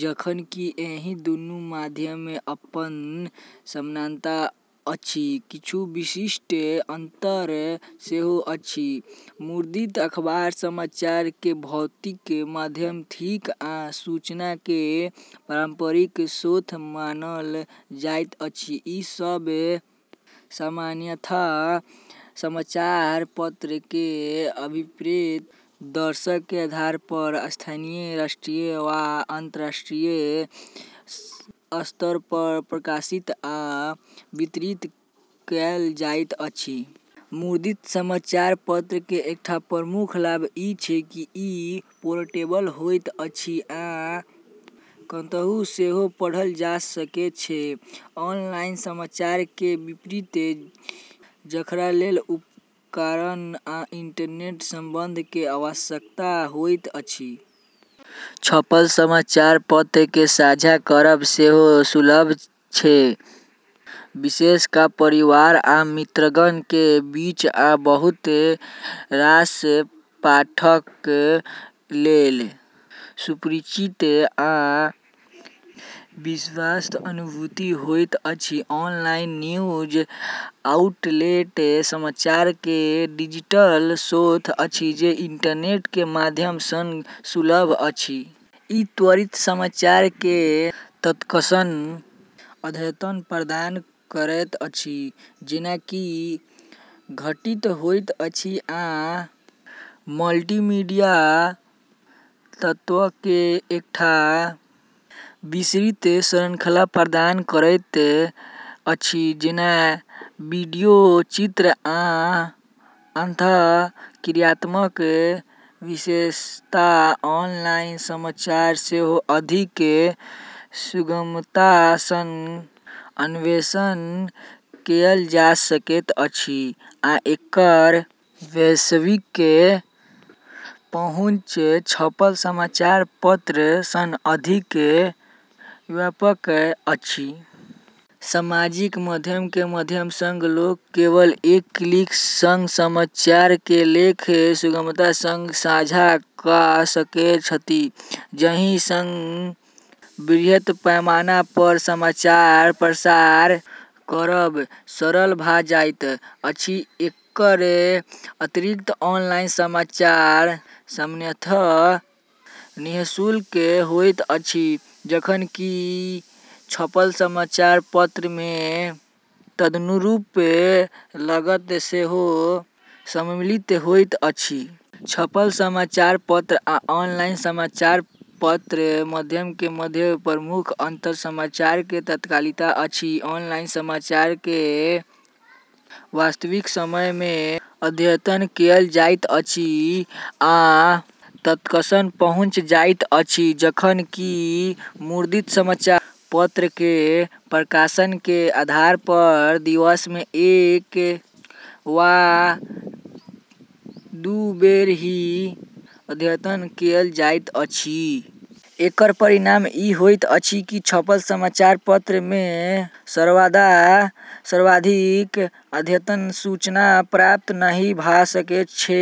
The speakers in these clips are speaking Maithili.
जखन कि एहि दुनू माध्यम में अपन समानता अछि, किछु विशिष्ट अंतर सेहो अछि। मुद्रित अखबार समाचार के भौतिक माध्यम थिक आ सूचना के पारंपरिक स्रोत मानल जाइत अछि। ई सब सामान्यतः समाचार-पत्र के अभिप्रेत दर्शक के आधार पर स्थानीय, राष्ट्रीय वा अंतर्राष्ट्रीय स्तर पर प्रकाशित आ वितरित कएल जाइत अछि। मुद्रित समाचार-पत्र के एकटा प्रमुख लाभ ई छै कि ई पोर्टेबल होइत अछि आ कतहुँ सेहो पढ़ल जा सकै छै, ऑनलाइन समाचार के विपरीत, जकरा लेल उपकरण आ इंटरनेट संबंध के आवश्यकता होइत अछि। छपल समाचार-पत्र के साझा करब सेहो सुलभ छै, विशेष कऽ परिवार वा मित्रगण के बीच, आ बहुत रास पाठक लेल सुपरिचित आ विश्वस्त अनुभूति होइत अछि। ऑनलाइन न्यूज आउटलेट समाचार के डिजिटल स्रोत अछि जे इंटरनेट के माध्यम सँ सुलभ अछि। ई त्वरित समाचार के तत्क्षण अद्यतन प्रदान करैत अछि जेंना कि घटित होइत अछि आ मल्टीमीडिया तत्व के एकटा विस्तृत शृंखला प्रदान करैत अछि, जेना वीडियो, चित्र, आ अंतःक्रियात्मक विशेषता। ऑनलाइन समाचार सेहो अधिक सुगमता सँ अन्वेषण कएल जा सकैत अछि आ एकर वैश्विक पहुँच छपल समाचार-पत्र सँ अधिक व्यापक अछि। सामाजिक माध्यम के माध्यम सँ लोक केवल एक क्लिक सँ समाचार के लेख सुगमता सँ साझा कऽ सकै छथि, जाहि सँ बृहत पैमाना पर समाचार प्रसार करब सरल भऽ जाइत अछि। एकर अतिरिक्त ऑनलाइन समाचार सामान्यतः निःशुल्क होइत अछि, जखन कि छपल समाचार-पत्र में तदनुरूप लागत सेहो सम्मिलित होइत अछि। छपल समाचार-पत्र आ ऑनलाइन समाचार माध्यम के मध्य प्रमुख अंतर समाचार के तात्कालिकता अछि। ऑनलाइन समाचार के वास्तविक समय मे अद्यतन कएल जाइत अछि आ तत्क्षण पहुँच जाइत अछि, जखन कि मुद्रित समाचार-पत्र के प्रकाशन के आधार पर दिवस में एक वा दू बेर ही अद्यतन कएल जाइत अछि। एकर परिणाम ई होइत अछि कि छपल समाचार-पत्र में सर्वदा सर्वाधिक अद्यतन सूचना प्राप्त नहि भऽ सकै छै।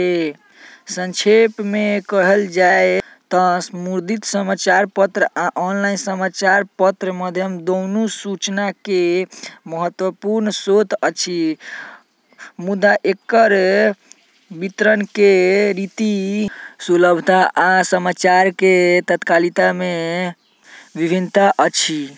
संक्षेप में कहल जाय तँ मुद्रित समाचार-पत्र आ ऑनलाइन समाचार माध्यम दुनू सूचना के महत्त्वपूर्ण स्रोत अछि, मुदा एकर वितरण के रीति, सुलभता, आ समाचार के तात्कालिकता में विभिन्नता अछि।